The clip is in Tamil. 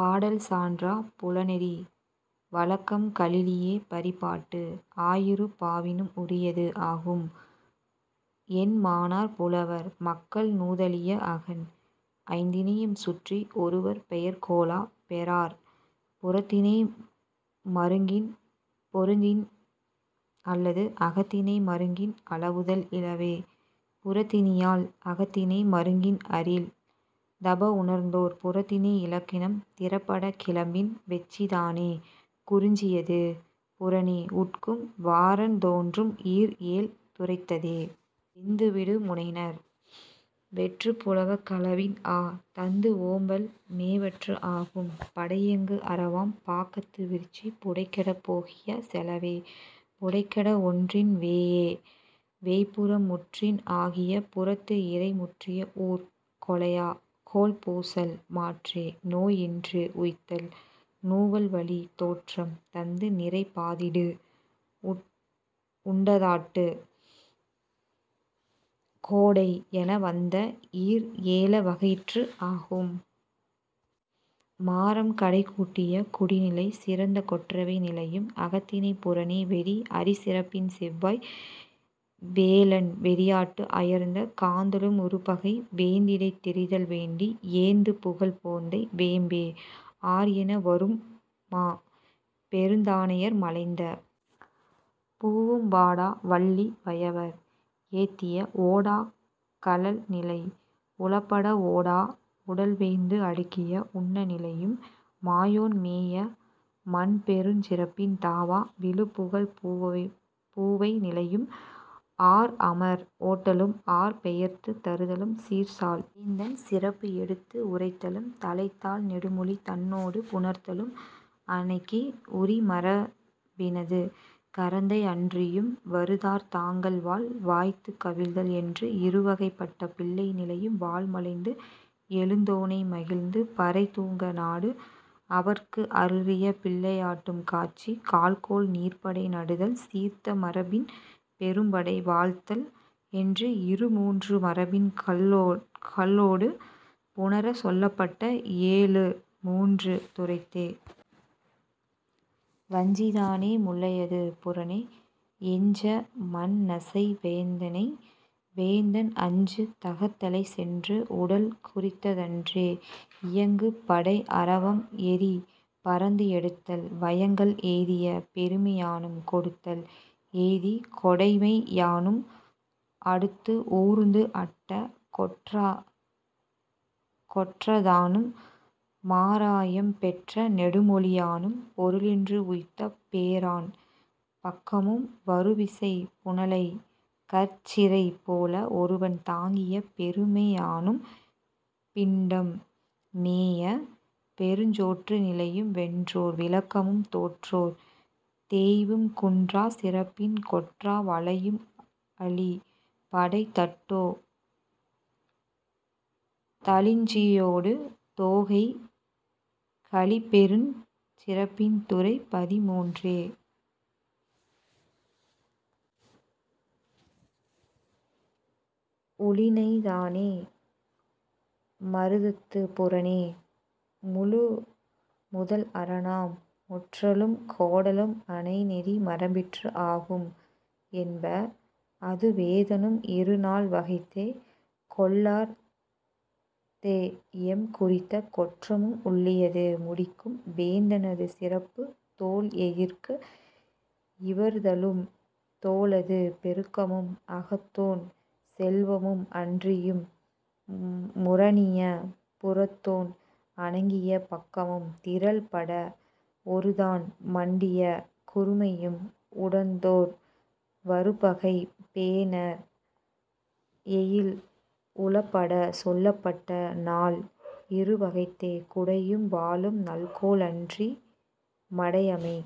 பாடல் சான்றா புலனெறி வழக்கம் கலியே பரிபாட்டு ஆயிரு பாவினும் உரியது ஆகும் என்மனார் புலவர். மக்கள் நுதலிய அகன் ஐந்திணையும் சுட்டி ஒருவர்ப் பெயர் கொளப் பெறார். புறத்திணை மருங்கின் பொருந்தின் அல்லது அகத்திணை மருங்கின் அளவுதல் இலவே.. புறத்திணையியல் அகத்திணை மருங்கின் அரில் தப உணர்ந்தோர் புறத்திணை இலக்கணம் திறப்படக் கிளப்பின் வெட்சிதானே குறிஞ்சியது புறனே உட்கு வரத் தோன்றும் ஈர் ஏழ் துறைத்தே. வேந்து விடு முனைஞர் வேற்றுப் புலக் களவின் ஆ தந்து ஓம்பல் மேவற்று ஆகும். படை இயங்கு அரவம் பாக்கத்து விரிச்சி புடை கெடப் போகிய செலவே புடை கெட ஒற்றின் வேயே வேய்ப்புறம் முற்றின் ஆகிய புறத்து இறை முற்றிய ஊர் கொலை ஆ கோள் பூசல் மாற்றே நோய் இன்று உய்த்தல் நுவல்வழித் தோற்றம் தந்து நிறை பாதீடு உ உண்டாத்தாட்டு கொடை என வந்த ஈர் ஏழ் வகையிற்று ஆகும். மாறம் கடைக்கூட்டிய குடிநிலை சிறந்த கொற்றவை நிலையும் அகத் திணைப் புறனே. வெறி அறி சிறப்பின் செவ்வாய் வேலன் வெறியாட்டு அயர்ந்த காந்தளும் உறு பகை வேந்திடை தெரிதல் வேண்டி ஏந்து புகழ் போந்தை வேம்பே ஆர் என வரூஉம் மா பெருந்தானையர் மலைந்த பூவும் வாடா வள்ளி வயவர் ஏத்திய ஓடாக் கழல் நிலை உளப்பட ஓடா உடல் வேந்து அடுக்கிய உன்ன நிலையும் மாயோன் மேய மன் பெருஞ் சிறப்பின் தாவா விழுப் புகழ்ப் பூவவை பூவை நிலையும் ஆர் அமர் ஓட்டலும் ஆ பெயர்த்துத் தருதலும் சீர் சால் வேந்தன் சிறப்பு எடுத்து உரைத்தலும் தலைத் தாள் நெடுமொழி தன்னொடு புணர்த்தலும் அனைக்கு உரி மரபினது கரந்தை அன்றியும் வரு தார் தாங்கல் வாள் வாய்த்துக் கவிழ்தல் என்று இரு வகைப் பட்ட பிள்ளை நிலையும் வாள் மலைந்து எழுந்தோனை மகிழ்ந்து பறை தூங்க நாடு அவற்கு அருளிய பிள்ளையாட்டும் காட்சி கால்கோள் நீர்ப்படை நடுதல் சீர்த்த மரபின் பெரும்படை வாழ்த்தல் என்று இரு மூன்று மரபின் கல்லொடு புணரச் சொல்லப்பட்ட எழு மூன்று துறைத்தே. வஞ்சிதானே முல்லையது புறனே எஞ்சா மண் நசை வேந்தனை வேந்தன் அஞ்சு தகத் தலைச் சென்று அடல் குறித்தன்றே. இயங்கு படை அரவம் எரி பரந்து எடுத்தல் வயங்கல் எய்திய பெருமையானும் கொடுத்தல் எய்திய கொடைமையானும் அடுத்து ஊர்ந்து அட்ட கொற்ற கொற்றத்தானும் மாராயம் பெற்ற நெடுமொழியானும் பொருளின்று உய்த்த பேராண் பக்கமும் வரு விசைப் புனலைக் கற் சிறை போல ஒருவன் தாங்கிய பெருமையானும் பிண்டம் மேய பெருஞ்சோற்று நிலையும் வென்றோர் விளக்கமும் தோற்றோர் தேய்வும் குன்றாச் சிறப்பின் கொற்ற வலையும் அழி படை தட்டோ தழிஞ்சியொடு தொகை கழி பெருஞ் சிறப்பின் துறை பதின்மூன்றே. உழிஞைதானே மருதத்துப் புறனே முழு முதல் அரணம் முற்றலும் கோடலும் அனை நெறி மரபிற்று ஆகும் என்ப. அதுவேதானும் இரு நால் வகைத்தே. கொள்ளார் தேஎம் குறித்த கொற்றமும் உள்ளியது முடிக்கும் வேந்தனது சிறப்பும் தொல் எயிற்கு இவர்தலும் தோலது பெருக்கமும் அகத்தோன் செல்வமும் அன்றியும் முரணிய புறத்தோன் அணங்கிய பக்கமும் திறல் பட ஒரு தான் மண்டிய குறுமையும் உடன்தோர் வரு பகை பேணார் எயில் உளப்பட சொல்லப்பட்ட நால் இரு வகைத்தே. குடையும் வாளும் நாள்கோள் அன்றி மடை அமை